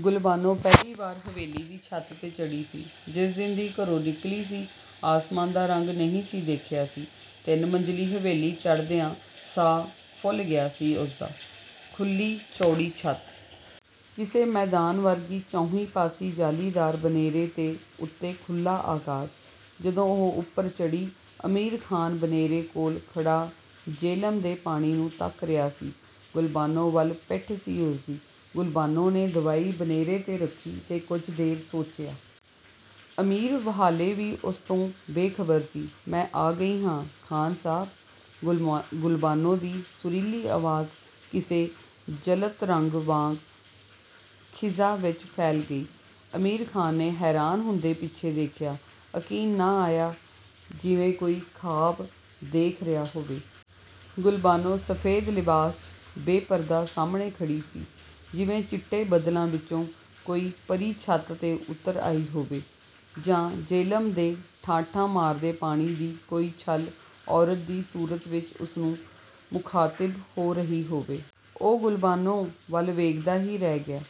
ਗੁਲਬਾਨੋ ਪਹਿਲੀ ਵਾਰ ਹਵੇਲੀ ਦੀ ਛੱਤ ਤੇ ਚੜ੍ਹੀ ਸੀ। ਜਿਸ ਦਿਨ ਦੀ ਘਰੋ ਨਿਕਲੀ ਸੀ, ਆਸਮਾਨ ਦਾ ਰੰਗ ਨਹੀ ਸੀ ਦੇਖਿਆ ਸੀ। ਤਿੰਨ ਮੰਜ਼ਲੀ ਹਵੇਲੀ ਚੜ੍ਹਦਿਆਂ ਸਾਹ ਫੁਲ ਗਿਆ ਸੀ ਉਸਦਾ। ਖੁੱਲ੍ਹੀ ਚੌੜੀ ਛੱਤ.. ਕਿਸੇ ਮੈਦਾਨ ਵਰਗੀ, ਚੌਂਹੀ ਪਾਸੀ ਜਾਲੀਦਾਰ ਬਨੇਰੇ ਤੇ ਉਤੇ ਖੁੱਲ੍ਹਾ ਆਕਾਸ਼। ਜਦੋਂ ਉਹ ਉਪਰ ਚੜ੍ਹੀ ਅਮੀਰ ਖਾਨ ਬਨੇਰੇ ਕੋਲ ਖੜ੍ਹਾ ਜਿਹਲਮ ਦੇ ਪਾਣੀ ਨੂੰ ਤੱਕ ਰਿਹਾ ਸੀ। ਗੁਲਬਾਨੋ ਵਲ ਪਿੱਠ ਸੀ ਉਸਦੀ। ਗੁਲਬਾਨੋ ਨੇ ਦਵਾਈ ਬਨੇਰੇ ਤੇ ਰੱਖੀ ਤੇ ਕੁਝ ਦੇਰ ਸੋਚਿਆ। ਅਮੀਰ ਹਾਲੇ ਵੀ ਉਸ ਤੋਂ ਬੇਖਬਰ ਸੀ। "ਮੈਂ ਆ ਗਈ ਹਾਂ ਖ਼ਾਨ ਸਾਹਬ "… ਗੁਲਬਾਨੋ ਦੀ ਸੁਰੀਲੀ ਆਵਾਜ਼ ਕਿਸੇ ਜਲਤਰੰਗ ਵਾਂਗ ਖਿਜ਼ਾ ਵਿੱਚ ਫੈਲ ਗਈ। ਅਮੀਰ ਖ਼ਾਨ ਨੇ ਹੈਰਾਨ ਹੁੰਦਿਆਂ ਪਿੱਛੇ ਦੇਖਿਆ, ਯਕੀਨ ਨਾ ਆਇਆ ਜਿਵੇਂ ਕੋਈ ਖ਼ਾਬ ਦੇਖ ਰਿਹਾ ਹੋਵੇ। ਗੁਲਬਾਨੋ ਸਫੇਦ ਲਿਬਾਸ, ਚ' ਬੇਪਰਦਾ ਸਾਹਮਣੇ ਖੜ੍ਹੀ ਸੀ। ਜਿਵੇ ਚਿੱਟੇ ਬੱਦਲਾਂ ਵਿਚੋਂ ਕੋਈ ਪਰੀ ਛੱਤ 'ਤੇ ਉਤਰ ਆਈ ਹੋਵੇ ਜਾਂ ਜਿਹਲਮ ਦੇ ਠਾਠਾਂ ਮਾਰਦੇ ਪਾਣੀ ਦੀ ਕੋਈ ਛੱਲ ਔਰਤ ਦੀ ਸੂਰਤ ਵਿੱਚ ਉਸਨੂੰ ਮੁਖ਼ਾਤਿਬ ਹੋ ਰਹੀ ਹੋਵੇ। ਉਹ ਗੁਲਬਾਨੋ ਵੱਲ ਵੇਖਦਾ ਹੀ ਰਹਿ ਗਿਆ।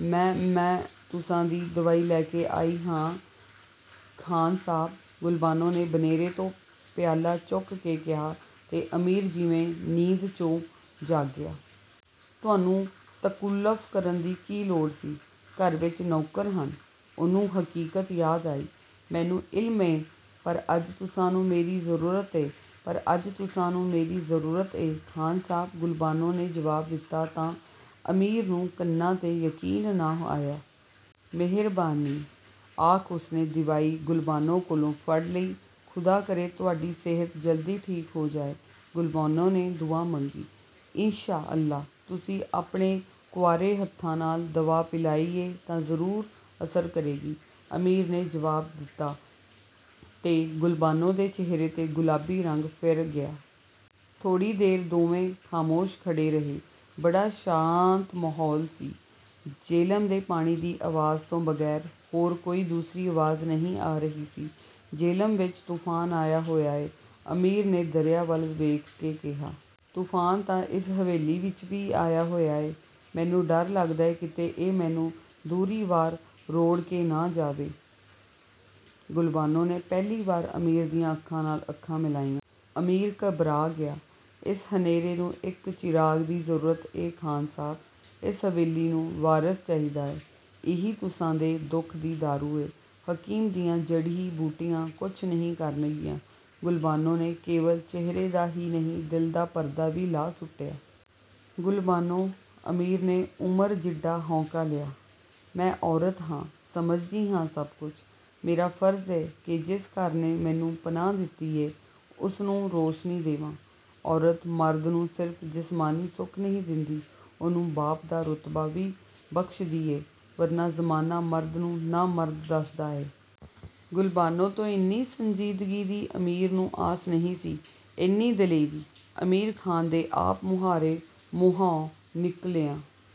"ਮੈਂ… ਮੈਂ.. ਤੁਸਾਂ ਦੀ ਦਵਾਈ ਲੈ ਕੇ ਆਈ ਹਾਂ… ਖਾਨ ਸਾਹਬ "…… ਗੁਲਬਾਨੋ ਨੇ ਬਨੇਰੇ ਤੋਂ ਪਿਆਲਾ ਚੁੱਕ ਕੇ ਕਿਹਾ ਤੇ ਅਮੀਰ ਜਿਵੇਂ ਨੀਂਦ, ਚੋਂ ਜਾਗਿਆ। ਤੁਹਾਨੂੰ ਤਕੱਲੁਫ ਕਰਨ ਦੀ ਕੀ ਲੋੜ ਸੀ, ਘਰ ਵਿੱਚ ਨੌਕਰ ਹੈਨ ".. ਉਹਨੂੰ ਹਕੀਕਤ ਯਾਦ ਆਈ। "ਮੈਨੂੰ ਇਲਮ ਏਂ ".. ਪਰ ਅੱਜ ਤੁਸਾਂ ਨੂੰ ਮੇਰੀ ਜਰੂਰਤ ਏ..! ਪਰ ਅੱਜ ਤੁਸਾਂ ਨੂੰ ਮੇਰੀ ਜ਼ਰੂਰਤ ਏਂ ਖ਼ਾਨ ਸਾਹਬ"ਗੁਲਬਾਨੋ ਨੇ ਜਵਾਬ ਦਿਤਾ ਤਾਂ, ਅਮੀਰ ਨੂੰ ਕੰਨਾਂ ਤੇ ਯਕੀਨ ਨਾ ਆਇਆ। "ਮਿਹਰਬਾਨੀ "… ਆਖ ਉਸਨੇ ਦੀਵਾਈ ਗੁਲਬਾਨੋ ਕੋਲੋ ਫੜ ਲਈ। "ਖੁਦਾ ਕਰੇ ਤੁਹਾਡੀ ਸਿਹਤ ਜਲਦੀ ਠੀਕ ਹੋ ਜਾਏ".. ਗੁਲਬਾਨੋ ਨੇ ਦੁਆ ਮੰਗੀ। "ਇੰਸ਼ਾ ਅੱਲਾਹ! ਤੁਸਾਂ ਆਪਣੇ ਕੁਆਰੇ ਹੱਥਾਂ ਨਾਲ ਦਵਾ ਪਿਲਾਈ ਏਂ ਤਾਂ ਜਰੂਰ ਅਸਰ ਕਰੇਗੀ "… ਅਮੀਰ ਨੇ ਜਵਾਬ ਦਿਤਾ ਤੇ ਗੁਲਬਾਨੋ ਦੇ ਚਿਹਰੇ 'ਤੇ ਗੁਲਾਬੀ ਰੰਗ ਫਿਰ ਗਿਆ। ਥੋੜ੍ਹੀ ਦੇਰ ਦੋਵੇਂ ਖਾਮੋਸ਼ ਖੜ੍ਹੇ ਰਹੇ। ਬੜਾ ਸ਼ਾਤ ਮਾਹੌਲ ਸੀ। ਜਿਹਲਮ ਦੇ ਪਾਣੀ ਦੀ ਅਵਾਜ਼ ਤੋਂ ਬਗੈਰ ਹੋਰ ਕੋਈ ਦੂਸਰੀ ਆਵਾਜ਼ ਨਹੀ ਆ ਰਹੀ ਸੀ। "ਜੇਹਲਮ ਵਿੱਚ ਤੂਫਾਨ ਆਇਆ ਹੋਇਆ ਏ… "ਅਮੀਰ ਨੇ ਦਰਿਆ ਵੱਲ ਵੇਖ ਕੇ ਕਿਹਾ। "ਤੂਫਾਨ ਤਾਂ ਇਸ ਹਵੇਲੀ ਵਿੱਚ ਵੀ ਆਇਆ ਹੋਇਆ ਏ "… ਮੈਨੂੰ ਡਰ ਲੱਗਦਾ ਏ ਕਿਤੇ ਇਹ ਮੈਨੂੰ ਦੂਹਰੀ ਵਾਰ ਰੋੜ੍ਹ ਕੇ ਨਾ ਜਾਵੇ "… ਗੁਲਬਾਨੋ ਨੇ ਪਹਿਲੀ ਵਾਰ ਅਮੀਰ ਦੀਆ ਅੱਖਾਂ ਨਾਲ ਅੱਖਾਂ ਮਿਲਾਈਆਂ। ਅਮੀਰ ਘਬਰਾ ਗਿਆਂ "…. "ਇਸ ਹਨੇਰੇ ਨੂੰ ਇਕ ਚਿਰਾਗ ਦੀ ਜਰੂਰਤ ਏ ਖਾਨ ਸਾਹਿਬ..! ਇਸ ਹਵੇਲੀ ਨੂੰ ਵਾਰਿਸ ਚਾਹੀਦਾ ਏ….! ਇਹੀ ਤੁਸਾਂ ਦੇ ਦੁੱਖ ਦੀ ਦਾਰੂ ਏ "… ਹਕੀਮ ਦੀਆਂ ਜੜ੍ਹੀ-ਬੂਟੀਆਂ ਕੁਛ ਨਹੀ ਕਰਨਗੀਆਂ… ਗੁਲਬਾਨੋ ਨੇ ਕੇਵਲ ਚਿਹਰੇ ਦਾ ਹੀ ਨਹੀਂ, ਦਿਲ ਦਾ ਪਰਦਾ ਵੀ ਲਾਹ ਸੁੱਟਿਆ.. "ਗੁਲਬਾਨੋ "… ਅਮੀਰ ਨੇ ਉਮਰ ਜਿੱਡਾ ਹਾਉਕਾ ਲਿਆ…. "ਮੈਂ ਔਰਤ ਹਾਂ "… ਸਮਝਦੀ ਹਾਂ ਸੱਭ ਕੁਛ…. ਮੇਰਾ ਫਰਜ਼ ਏ ਕਿ ਜਿਸ ਘਰ ਨੇ ਮੈਨੂੰ ਪਨਾਹ ਦਿਤੀ ਏ ਉਸ ਨੂੰ ਰੋਸ਼ਨੀ ਦੇਵਾਂ… ਔਰਤ, ਮਰਦ ਨੂੰ ਸਿਰਫ ਜਿਸਮਾਨੀ ਸੁੱਖ ਨਹੀ ਦਿੰਦੀ, ਉਹਨੂੰ ਬਾਪ ਦਾ ਰੁਤਬਾ ਵੀ ਬਖਸ਼ਦੀ ਏ, ਵਰਨਾ ਜ਼ਮਾਨਾ ਮਰਦ ਨੂੰ "ਨ-ਮਰਦ"ਦੱਸਦਾ ਏ "!! ਗੁਲਬਾਨੋ ਤੋਂ ਇੰਨੀ ਸੰਜੀਦਗੀ ਦੀ ਅਮੀਰ ਨੂੰ ਆਸ ਨਹੀ ਸੀ। "ਏਨੀ ਦਲੇਰੀ "!!! ਅਮੀਰ ਖ਼ਾਨ ਦੇ ਆਪ ਮੁਹਾਰੇ ਮੂੰਹੋਂ ਨਿਕਲਿਆਂ…